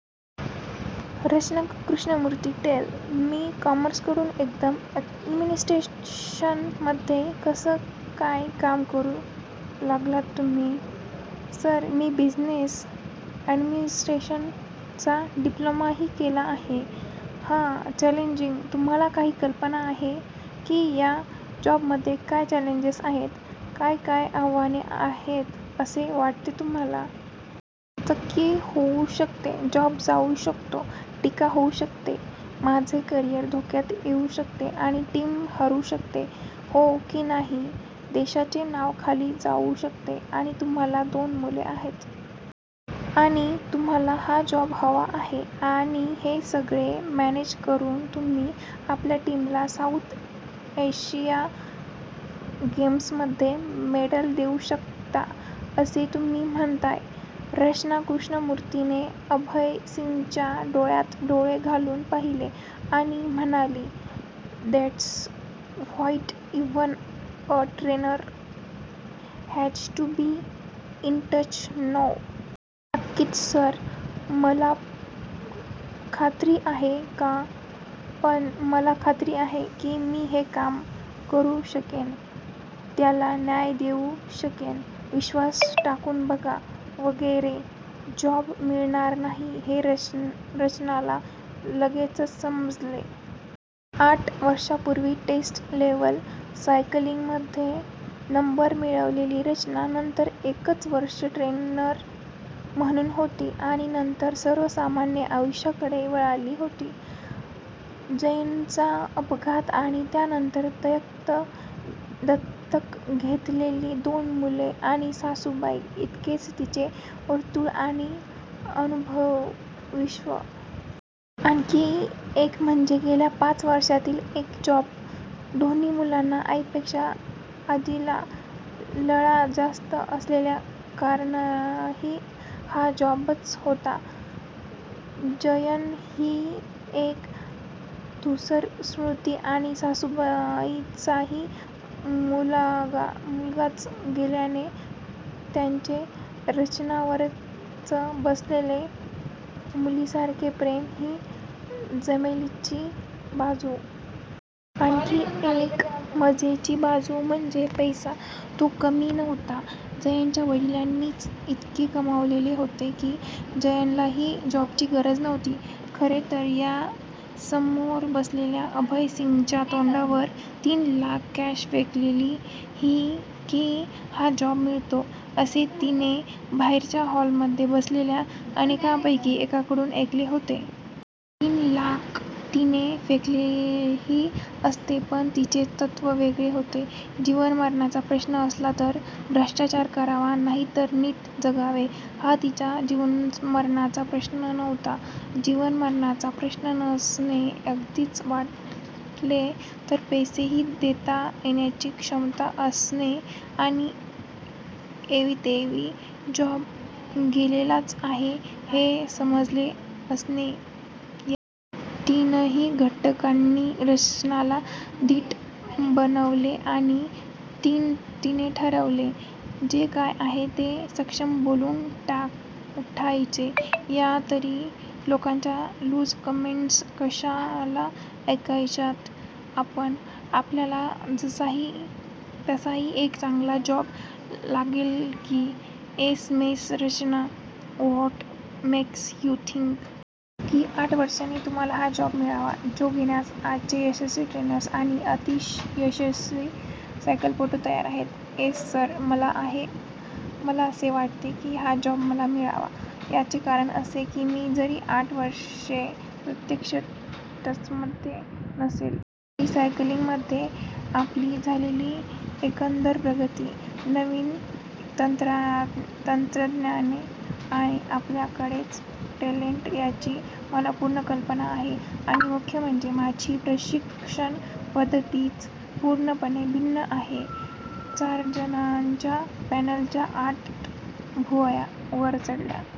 रचना Krishnamurthy tell me, कॉमर्सकडून एकदम ॲडमिनिस्ट्रेशनमध्ये कसे काय काम करू लागलात तुम्ही? "सर, मी बिझिनेस ॲडमिनिस्ट्रेशनचा डिप्लोमाही केला आहे." "हं चॅलेंजिंग, तुम्हाला काही कल्पना आहे, की या जॉबमध्ये काय चॅलेंजेस आहेत? " "काय काय आव्हाने आहेत असे वाटते तुम्हाला? " "नाचक्की होऊ शकते. जॉब जाऊ शकतो. " "टीका होऊ शकते. माझे करीअर धोक्यात येऊ शकते. " "आणि टीम हरू शकते. हो की नाही? देशाचे नांव खाली जाऊ शकते. " "आणि तुम्हाला दोन मुले आहेत. आणि तुम्हाला हा जॉब हवा आहे. आणि हे सगळे मॅनेज करून तुम्ही आपल्या टीमला साऊथ एशिया गेम्समध्ये मेडल देऊ शकता असे तुम्ही म्हणताय. " रचना कृष्णमूर्थीने अभय सिंगच्या डोळ्यात डोळे घालून पाहिले आणि म्हणाली,"दॅट्स what even a trainer has to be in touch no? " "नक्कीच सर, पण मला खात्री आहे क " "पण मला खात्री आहे. की मी हे काम करू शकेन त्याला न्याय देऊ शकेन, विश्वास टाकून बघा, वगैरे" जॉब मिळणार नाही हे रचनाला लगेचच समजले. आठ वर्षापूर्वी स्टेट लेव्हल सायकलिंगमध्ये नंबर मिळवलेली रचना नंतर एकच वर्ष ट्रेनर म्हणून होती आणि नंतर सर्वसामान्य आयुष्याकडे वळली होती. जयनचा अपघात आणि त्यानंतर दत्तक घेतलेली दोन मुले आणि सासूबाई. इतकेच तिचे वर्तुळ आणि अनुभवविश्व. आणखी एक म्हणजे गेल्या पाच वर्षातील एक जॉब. दोन्ही मुलांना आईपेक्षा आजीचा लळा जास्त असल्याचे कारणही हा जॉबच होता. जयन ही एक धूसर स्मृती आणी सासूबाईंचाही मुलगाच गेल्याने त्यांचे रचनावरच बसलेले मुलीसारखे प्रेम ही जमेची बाजू. आणखी एक जमेची बाजू म्हणजे पैसा. तो कमी नव्हता. जयनच्या वडिलांनीच इतके कमावलेले होते की जयनलाही जॉबची गरज नव्हती खरे तर. या समोर बसलेल्या अभय सिंगच्या तोंडावर तीन लाख कॅश फेकली की हा जॉब मिळतो असे तिने बाहेरच्या हॉलमध्ये बसलेल्या अनेकांपैकी एकाकडून ऐकले होते. तीन लाख तिने फेकलेही असते. पण तिचे तत्व वेगळे होते. जीवन मरणाचा प्रश्न असला तर भ्रष्टाचार करावा. नाहीतर नीट जगावे. हा तिच्या जीवनमरणाचा प्रश्न नव्हता. जीवन मरणाचा प्रश्न नसणे, अगदीच वाटले तर पैसेही देता येण्याची क्षमता असणे आणि एवीतेवी जॉब गेलेलाच आहे हे समजलेले असणे.या तीनही घटकांनी रचनाला धीट बनवले आणि तिने ठरवले. जे काय आहे ते समक्ष बोलूनच उठायचे. या तरी लोकांच्या लूज कमेंट्स कशाला ऐकायच्यायत आपण? आपल्याला तसाही एक चांगला जॉब आहेच की? "Yes Miss Rachana, what makes you think? की आठ वर्षांनी तुम्हाला हा जॉब मिळावा. जो घेण्यास आजचे यशस्वी ट्रेनर्स आणि अतियशस्वी सायकलपटू तयार आहेत? " "येस सर, मला असे वाटते की हा जॉब मला मिळावा. याचे कारण असे.. की मी जरी आठ वर्षे प्रत्यक्ष टचमध्ये नसले. तरी सायकलिंगमद्ये आपली झालेली एकंदर प्रगती, नवीन तंत्रज्ञाने आणि आपल्याकडचे टॅलेंट याची मला पूर्ण कल्पना आहे. आणि मुख्य म्हणजे. माझी प्रशिक्षण पद्धतीच पूर्णपणे भिन्न आहे. " चारजणांच्या पॅनेलच्या आठ भुवया वर चढल्या.